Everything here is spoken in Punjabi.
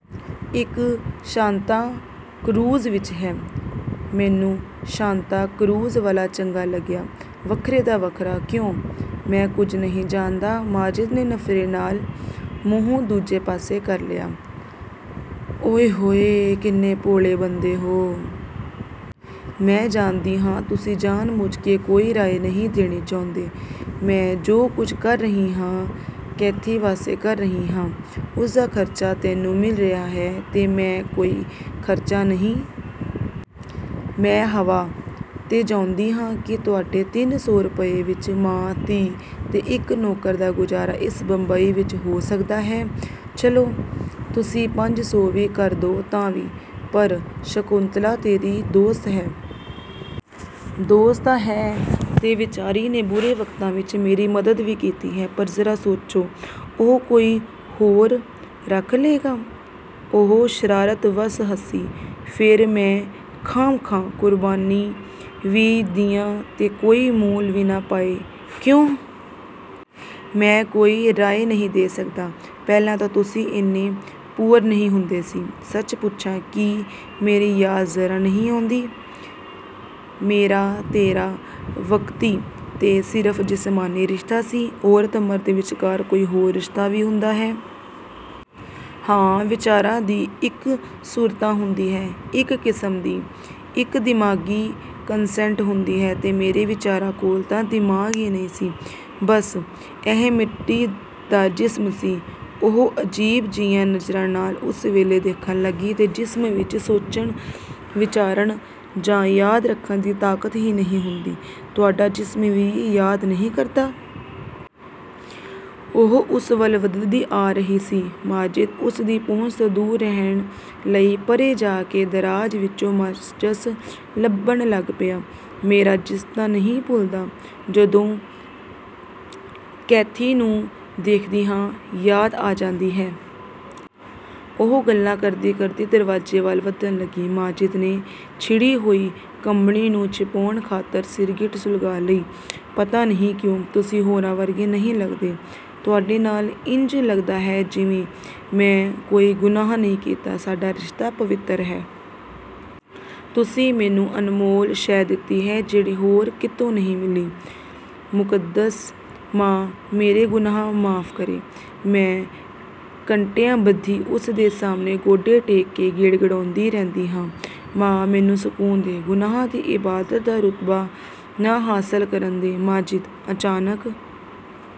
"ਇੱਕ ਸ਼ਾਂਤਾ ਕਰੂਜ਼ ਵਿੱਚ ਹੈ। ਮੈਨੂੰ ਸ਼ਾਂਤਾ ਕਰੂਜ਼ ਵਾਲਾ ਚੰਗਾ ਲੱਗਿਆ। ਵੱਖਰੇ ਦਾ ਵੱਖਰਾ, ਕਿਉਂ?" "ਮੈਂ ਕੁਝ ਨਹੀਂ ਜਾਣਦਾ।" ਮਾਜਿਦ ਨੇ ਨਫ਼ਰਤ ਨਾਲ ਮੂੰਹ ਦੂਜੇ ਪਾਸੇ ਕਰ ਲਿਆ। "ਓਇ-ਹੋਇ, ਕਿੰਨੇ ਭੋਲੇ ਬਣਦੇ ਹੋ! ਮੈਂ ਜਾਣਦੀ ਹਾਂ, ਤੁਸੀਂ ਜਾਣ-ਬੁੱਝ ਕੇ ਕੋਈ ਰਾਏ ਨਹੀਂ ਦੇਣੀ ਚਾਹੁੰਦੇ। ਮੈਂ ਜੋ ਕੁਝ ਕਰ ਰਹੀ ਹਾਂ, ਕੈਥੀ ਵਾਸਤੇ ਕਰ ਰਹੀ ਹਾਂ।" "ਉਸਦਾ ਖਰਚਾ ਤੈਨੂੰ ਮਿਲ ਰਿਹਾ ਹੈ।" "ਤੇ ਮੇਰਾ ਕੋਈ ਖਰਚਾ ਨਹੀਂ? ਮੈਂ ਹਵਾ 'ਤੇ ਜਿਊਂਦੀ ਹਾਂ? ਕੀ ਤੁਹਾਡੇ ਤਿੰਨ ਸੌ ਰੁਪਏ ਵਿੱਚ ਮਾਂ-ਧੀ ਤੇ ਇੱਕ ਨੌਕਰ ਦਾ ਗੁਜ਼ਾਰਾ ਇਸ ਬੰਬਈ ਵਿੱਚ ਹੋ ਸਕਦਾ ਹੈ? ਚਲੋ ਤੁਸੀਂ ਪੰਜ ਸੌ ਵੀ ਕਰ ਦਿਓ, ਤਾਂ ਵੀ?" "ਪਰ ਸ਼ਕੁੰਤਲਾ ਤੇਰੀ ਦੋਸਤ ਹੈ।" "ਦੋਸਤ ਤਾਂ ਹੈ, ਤੇ ਵਿਚਾਰੀ ਨੇ ਬੁਰੇ ਵਕਤਾਂ ਵਿੱਚ ਮੇਰੀ ਮਦਦ ਵੀ ਕੀਤੀ ਹੈ ਪਰ ਜ਼ਰਾ ਸੋਚੋ, ਉਹ ਕੋਈ ਹੋਰ ਰੱਖ ਲਏਗਾ।" ਉਹ ਸ਼ਰਾਰਤ ਵੱਸ ਹੱਸੀ, "ਫਿਰ ਮੈਂ ਖਾਹਮ-ਖਾਹ ਕੁਰਬਾਨੀ ਵੀ ਦਿਆਂ ਤੇ ਕੋਈ ਮੁੱਲ ਵੀ ਨਾ ਪਵੇ, ਕਿਉਂ?" "ਮੈਂ ਕੋਈ ਰਾਏ ਨਹੀਂ ਦੇ ਸਕਦਾ।" "ਪਹਿਲਾਂ ਤਾਂ ਤੁਸੀਂ ਇੰਨੇ 'ਪੁਅਰ' ਨਹੀਂ ਹੁੰਦੇ ਸੀ। ਸੱਚ ਪੁੱਛਾਂ, ਕੀ ਮੇਰੀ ਯਾਦ ਜ਼ਰਾ ਨਹੀਂ ਆਉਂਦੀ?" "ਮੇਰਾ ਤੇਰਾ ਵਕਤੀ ਤੇ ਸਿਰਫ਼ ਜਿਸਮਾਨੀ ਰਿਸ਼ਤਾ ਸੀ।" "ਔਰਤ-ਮਰਦ ਵਿੱਚਕਾਰ ਕੋਈ ਹੋਰ ਰਿਸ਼ਤਾ ਵੀ ਹੁੰਦਾ ਹੈ?" "ਹਾਂ, ਵਿਚਾਰਾਂ ਦੀ ਇਕਸੁਰਤਾ ਹੁੰਦੀ ਹੈ, ਇੱਕ ਕਿਸਮ ਦੀ, ਇੱਕ ਦਿਮਾਗ਼ੀ ਕਨਸੈਂਟ ਹੁੰਦੀ ਹੈ।" "ਤੇ ਮੇਰੇ ਵਿਚਾਰਾਂ ਕੋਲ ਤਾਂ ਦਿਮਾਗ਼ ਹੀ ਨਹੀਂ ਸੀ। ਬੱਸ ਇਹ ਮਿੱਟੀ ਦਾ ਜਿਸਮ ਸੀ" ਉਹ ਅਜੀਬ ਜਿਹੀਆਂ ਨਜ਼ਰਾਂ ਨਾਲ ਉਸ ਵੱਲ ਦੇਖਣ ਲੱਗੀ, "ਤੇ ਜਿਸਮ ਵਿੱਚ ਸੋਚਣ-ਵਿਚਾਰਨ ਜਾਂ ਯਾਦ ਰੱਖਣ ਦੀ ਤਾਕਤ ਹੀ ਨਹੀਂ ਹੁੰਦੀ, ਤੁਹਾਡਾ ਜਿਸਮ ਵੀ ਯਾਦ ਨਹੀਂ ਕਰਦਾ?" ਉਹ ਉਸ ਵੱਲ ਵਧਦੀ ਆ ਰਹੀ ਸੀ। ਮਾਜਿਦ ਉਸਦੀ ਪਹੁੰਚ ਤੋਂ ਦੂਰ ਰਹਿਣ ਲਈ ਪਰ੍ਹੇ ਜਾ ਕੇ ਦਰਾਜ਼ ਵਿੱਚੋਂ ਮਾਚਸ ਲੱਭਣ ਲੱਗ ਪਿਆ। "ਮੇਰਾ ਜਿਸਮ ਤਾਂ ਨਹੀਂ ਭੁੱਲਦਾ, ਜਦੋਂ ਕੈਥੀ ਨੂੰ ਦੇਖਦੀ ਹਾਂ ਯਾਦ ਆ ਜਾਂਦੀ ਹੈ।" ਉਹ ਗੱਲਾਂ ਕਰਦੀ-ਕਰਦੀ ਦਰਵਾਜ਼ੇ ਵੱਲ ਵਧਣ ਲੱਗੀ। ਮਾਜਿਦ ਨੇ ਛਿੜੀ ਹੋਈ ਕੰਬਣੀ ਨੂੰ ਛਿਪਾਉਣ ਖਾਤਰ ਸਿਗਰਟ ਸੁਲਗਾ ਲਈ। "ਪਤਾ ਨਹੀਂ ਕਿਉਂ ਤੁਸੀਂ ਹੋਰਾਂ ਵਰਗੇ ਨਹੀਂ ਲੱਗਦੇ! ਤੁਹਾਡੇ ਨਾਲ ਇੰਜ ਲੱਗਦਾ ਹੈ ਜਿਵੇਂ ਮੈਂ ਕੋਈ ਗੁਨਾਹ ਨਹੀਂ ਕੀਤਾ, ਸਾਡਾ ਰਿਸ਼ਤਾ ਪਵਿੱਤਰ ਹੈ। ਤੁਸੀਂ ਮੈਨੂੰ ਅਨਮੋਲ ਸ਼ੈਅ ਦਿੱਤੀ ਹੈ, ਜਿਹੜੀ ਹੋਰ ਕਿਤੋਂ ਨਹੀਂ ਮਿਲੀ। ਮੁਕੱਦਸ ਮਾਂ ਮੇਰੇ ਗੁਨਾਹ ਮੁਆਫ਼ ਕਰੇ, ਮੈਂ ਘੰਟਿਆਂਬੱਧੀ ਉਸ ਦੇ ਸਾਹਮਣੇ ਗੋਡੇ ਟੇਕ ਕੇ ਗਿੜਗਿੜਾਉਂਦੀ ਰਹਿੰਦੀ ਹਾਂ,'ਮਾਂ ਮੈਨੂੰ ਸਕੂਨ ਦੇ, ਗੁਨਾਹ ਨੂੰ ਇਬਾਦਤ ਦਾ ਰੁਤਬਾ ਨਾ ਹਾਸਲ ਕਰਨ ਦੇ।' ਮਾਜਿਦ।" ਅਚਾਨਕ